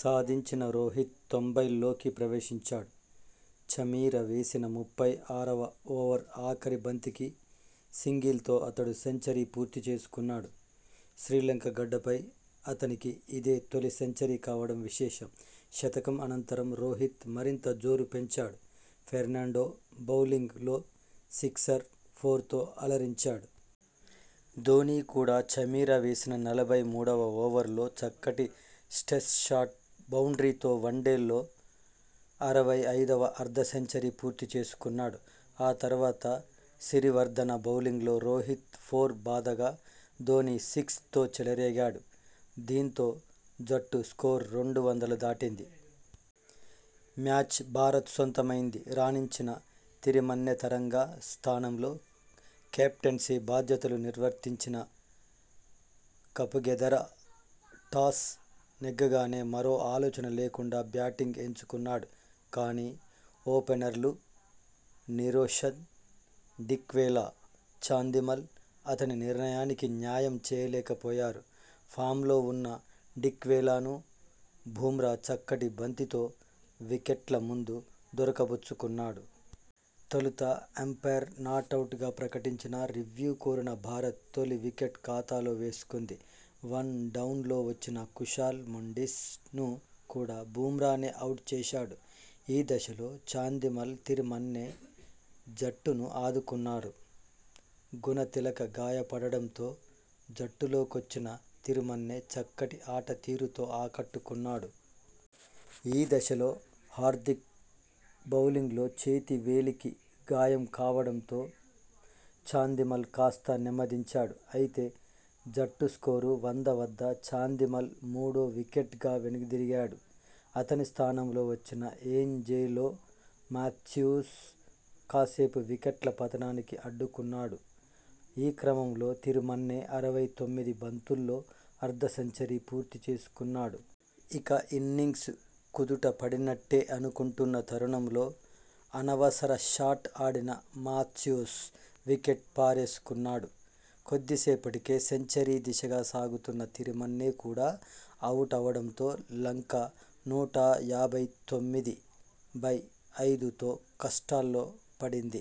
సాధించిన రోహిత్ తొంభైల్లోకి ప్రవేశించాడు. చమీర వేసిన ముప్పై ఆరువ ఓవర్ ఆఖరి బంతికి సింగిల్ తో అతడు సెంచరీ పూర్తి చేసుకున్నాడు. శ్రీలంక గడ్డపై అతనికి ఇదే తొలి సెంచరీ కావడం విశేషం. శతకం అనంతరం రోహిత్ మరింత జోరు పెంచాడు. ఫెర్నాండో బౌలింగ్ లో సిక్సర్, ఫోర్ తో అలరించాడు. ధోనీ కూడా చమీర వేసిన నలభై మూడువ ఓవర్లో చక్కటి స్ట్స్ షాట్ బౌండ్రీ తో వన్డేల్లో అరవై ఐదువ అర్ధసెంచరీ పూర్తి చేసుకున్నాడు. ఆ తర్వాత సిరివర్దన బౌలింగ్ లో రోహిత్ ఫోర్ బాదగా, ధోనీ సిక్స్ తో చెలరేగాడు. దీంతో జట్టు స్కోరు రెండు వందల దాటింది. మ్యాచ్ భారత్ సొంతమైంది. రాణించిన తిరిమన్నెతరంగ స్థానంలో కెప్టెన్సీ బాధ్యతలు నిర్వర్తించిన కపుగెదర టాస్ నెగ్గగానే మరో ఆలోచన లేకుండా బ్యాటింగ్ ఎంచుకున్నాడు. కానీ, ఓపెనర్లు నిరోషన్ డిక్వెలా, చాందిమల్ అతని నిర్ణయానికి న్యాయం చేయలేకపోయారు. ఫామ్ లో ఉన్న డిక్వెలాను బుమ్రా చక్కటి బంతితో వికెట్ల ముందు దొరకబుచ్చుకున్నాడు. తొలుత అంపైర్ నాటౌట్ గా ప్రకటించినా, రివ్యూ కోరిన భారత్ తొలి వికెట్ ఖాతాలో వేసుకుంది. వన్ డౌన్ లో వచ్చిన కుశాల్ మెండిస్ ను కూడా బుమ్రానే అవుట్ చేశాడు. ఈ దశలో చాందిమల్, తిరిమన్నె జట్టును ఆదుకున్నారు. గుణతిలక గాయపడడంతో జట్టులోకొచ్చిన తిరిమన్నె చక్కటి ఆటతీరుతో ఆకట్టుకున్నాడు. ఈ దశలో హార్దిక్ బౌలింగ్లో చేతి వేలికి గాయం కావడంతో చాందిమల్ కాస్త నెమ్మదించాడు. అయితే జట్టు స్కోరు వంద వద్ద చాందిమల్ మూడో వికెట్గా వెనుదిరిగాడు. అతని స్థానంలో వచ్చిన ఏంజెలో మాథ్యూస్ కాసేపు వికెట్ల పతనాన్ని అడ్డుకున్నాడు. ఈ క్రమంలో తిరిమన్నె అరవై తొమ్మిది బంతుల్లో అర్ధ సెంచరీ పూర్తి చేసుకున్నాడు. ఇక ఇన్నింగ్స్ కుదుట పడినట్టే అనుకుంటున్న తరుణంలో అనవసర షాట్ ఆడిన మాథ్యూస్ వికెట్ పారేసుకున్నాడు. కొద్దిసేపటికే సెంచరీ దిశగా సాగుతున్న తిరిమన్నె కూడా అవుటవడంతో లంక నూట యాభై తొమ్మిది బై ఐదుతో కష్టాల్లో పడింది.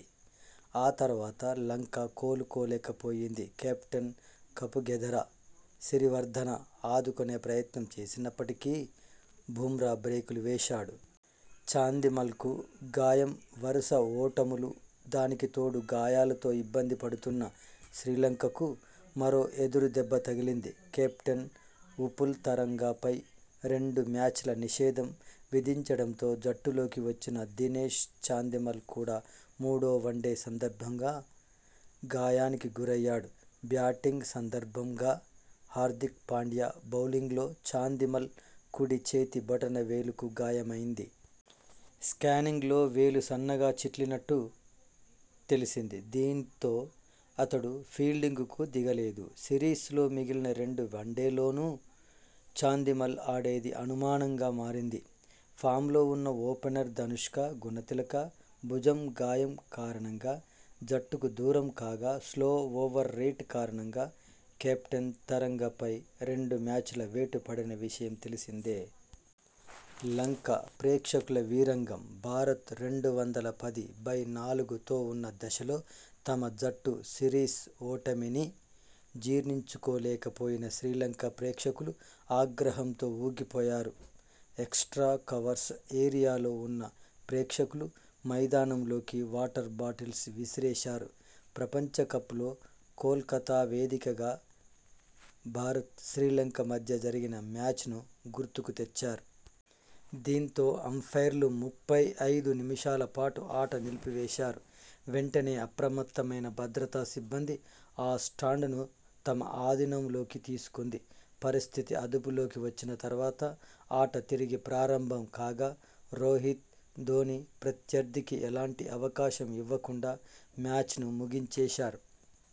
ఆ తర్వాత లంక కోలుకోలేకపోయింది. కెప్టెన్ కపుగెదర, సిరివర్దన ఆదుకునే ప్రయత్నం చేసినప్పటికీ బుమ్రా బ్రేకులు వేశాడు. చాందిమల్కు గాయంవరస ఓటములు దానికితోడు గాయాలతో ఇబ్బంది పడుతున్న శ్రీలంకకు మరో ఎదురుదెబ్బ తగిలింది. కెప్టెన్ ఉపుల్ తరంగ పై రెండు మ్యాచ్ల నిషేధం విధించడంతో జట్టులోకి వచ్చిన దినేష్ చాందిమల్ కూడా మూడో వన్డే సందర్భంగా గాయానికి గురయ్యాడు. బ్యాటింగ్ సందర్భం గా హార్దిక్ పాండ్యా బౌలింగ్లో చాందిమల్ కుడిచేతి బొటనవేలు కు గాయమైంది. స్కానింగ్ లో వేలు సన్నగా చిట్లినట్టు తేలిసింది. దీంతో అతడు ఫీల్డింగ్ కు దిగలేదు. సిరీస్ లో మిగిలిన రెండు వన్డేల్లోనూ చాందిమల్ ఆడేది అనుమానం గా మారింది. ఫామ్ లో ఉన్న ఓపెనర్ ధనుష్క గుణతిలక భుజం గాయం కారణంగా జట్టుకు దూరంకాగా స్లో ఓవర్ రేట్ కారణంగా కెప్టెన్ తరంగపై రెండు మ్యాచ్ల వేటు పడిన సంగతి తెలిసిందే. లంక ప్రేక్షకుల వీరంగం భారత్ రెండు వందల పది బై నాలుగుతో ఉన్న దశలో తమ జట్టు సిరీస్ ఓటమిని జీర్ణించుకోలేకపోయిన శ్రీలంక ప్రేక్షకులు ఆగ్రహంతో ఊగిపోయారు. ఎక్స్ట్రా కవర్స్ ఏరియాలో ఉన్న ప్రేక్షకులు మైదానంలోకి వాటర్ బాటిల్స్ విసిరేశారు. ప్రపంచకప్ లో కోల్కతా వేదికగా భారత్ శ్రీలంక మధ్య జరిగిన మ్యాచ్ ను గుర్తుకుతెచ్చారు. దీంతో అంపైర్లు ముప్పై ఐదు నిమిషాల పాటు ఆట నిలిపి వేశారు. వెంటనే అప్రమత్తమైన భద్రతా సిబ్బంది ఆ స్టాండ్ ను తమ అధీనంలోకి తీసుకుంది. పరిస్థితి అదుపులోకి వచ్చిన తర్వాత ఆట తిరిగి ప్రారంభం కాగా రోహిత్, ధోనీ ప్రత్యర్థికి ఎలాంటి అవకాశం ఇవ్వకుండా మ్యాచ్ను ముగించేశారు.